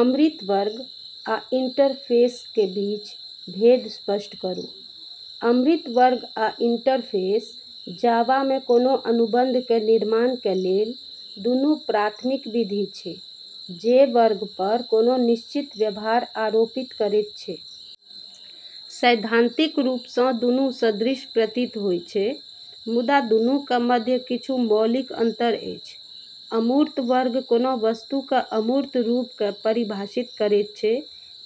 अमूर्त वर्ग आ इंटरफेस के बीच भेद स्पष्ट करू। अमूर्त वर्ग आ इंटरफ़ेस जावा मे कोनो अनुबंध के निर्माण के लेल दुनू प्राथमिक विधि छै, जे वर्ग पर कोनो निश्चित व्यवहार आरोपित करैत छै। सैद्धांतिक रूप सँ दुनू सदृश प्रतीत होइत अछि, मुदा दुनू के मध्य किछु मौलिक अंतर अछि। अमूर्त वर्ग कोनो वस्तु के अमूर्त रूप के परिभाषित करैत छै,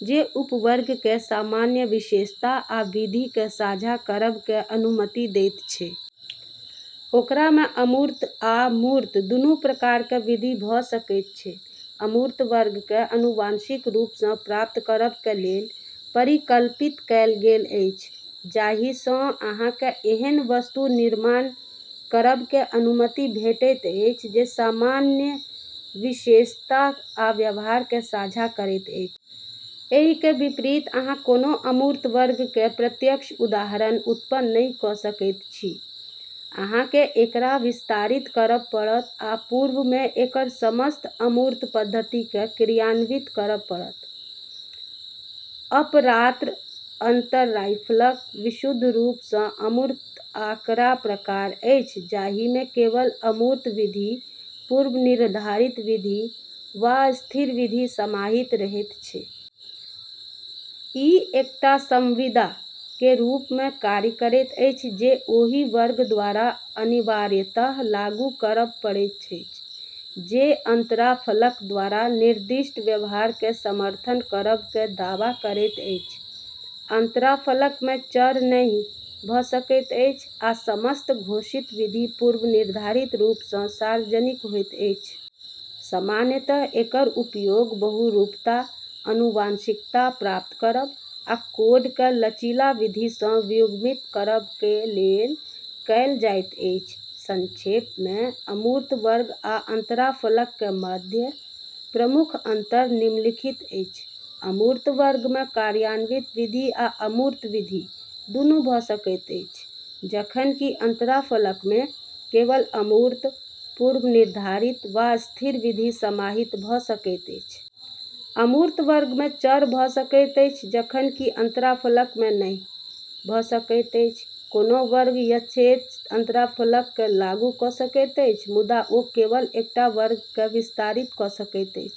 जे उपवर्ग के सामान्य विशेषता आ विधि के साझा करब के अनुमति दैत छै। ओकरा में अमूर्त आ मूर्त दुनू प्रकार के विधि भऽ सकैत अछि। अमूर्त वर्ग के आनुवंशिक रूप सँ प्राप्त करब के लेल परिकल्पित कएल गेल अछि, जाहि सँ अहाँ केँ एहन वस्तु निर्माण करब के अनुमति भेटैत अछि जे सामान्य विशेषता आ व्यवहार के साझा करैत अछि। एहि के विपरीत, अहाँ कोनो अमूर्त वर्ग के प्रत्यक्ष उदाहरण उत्पन्न नहि कऽ सकैत छी; अहाँ केँ एकरा विस्तारित करब पड़त आ पूर्व में एकर समस्त अमूर्त पद्धति के क्रियान्वित करब पड़त। अपरात्र, अंतराफलक विशुद्ध रूप सँ अमूर्त आँकड़ा प्रकार अछि जहि में केवल अमूर्त विधि, पूर्वनिर्धारित विधि, वा स्थिर विधि समाहित रहैत अछि। ई एकटा संविदा के रूप में कार्य करैत अछि जे ओहि वर्ग द्वारा अनिवार्यतः लागू करब पड़ैत अछि जे अंतराफलक द्वारा निर्दिष्ट व्यवहार के समर्थन करब के दावा करैत अछि। अंतराफलक में चर नहि भऽ सकैत अछि, आ समस्त घोषित विधि पूर्वनिर्धारित रूप सँ सार्वजनिक होइत अछि। सामान्यतः एकर उपयोग बहुरूपता, आनुवंशिकता प्राप्त करब, आ कोड के लचीला विधि सँ वियुग्मित करब के लेल कएल जाइत अछि। संक्षेप में, अमूर्त वर्ग आ अंतराफलक के मध्य प्रमुख अंतर निम्नलिखित अछि: अमूर्त वर्ग में कार्यन्वित विधि आ अमूर्त विधि, दुनू भऽ सकैत अछि, जखन कि अंतराफलक में केवल अमूर्त, पूर्वनिर्धारित वा स्थिर विधि समाहित भऽ सकैत अछि। अमूर्त वर्ग में चर भऽ सकैत अछि, जखन कि अंतराफलक में नहि भऽ सकैत अछि। कोनो वर्ग यथेच्छ अंतराफलक के लागू कऽ सकैत अछि, मुदा ओ केवल एकटा वर्ग के विस्तारित कऽ सकैत अछि।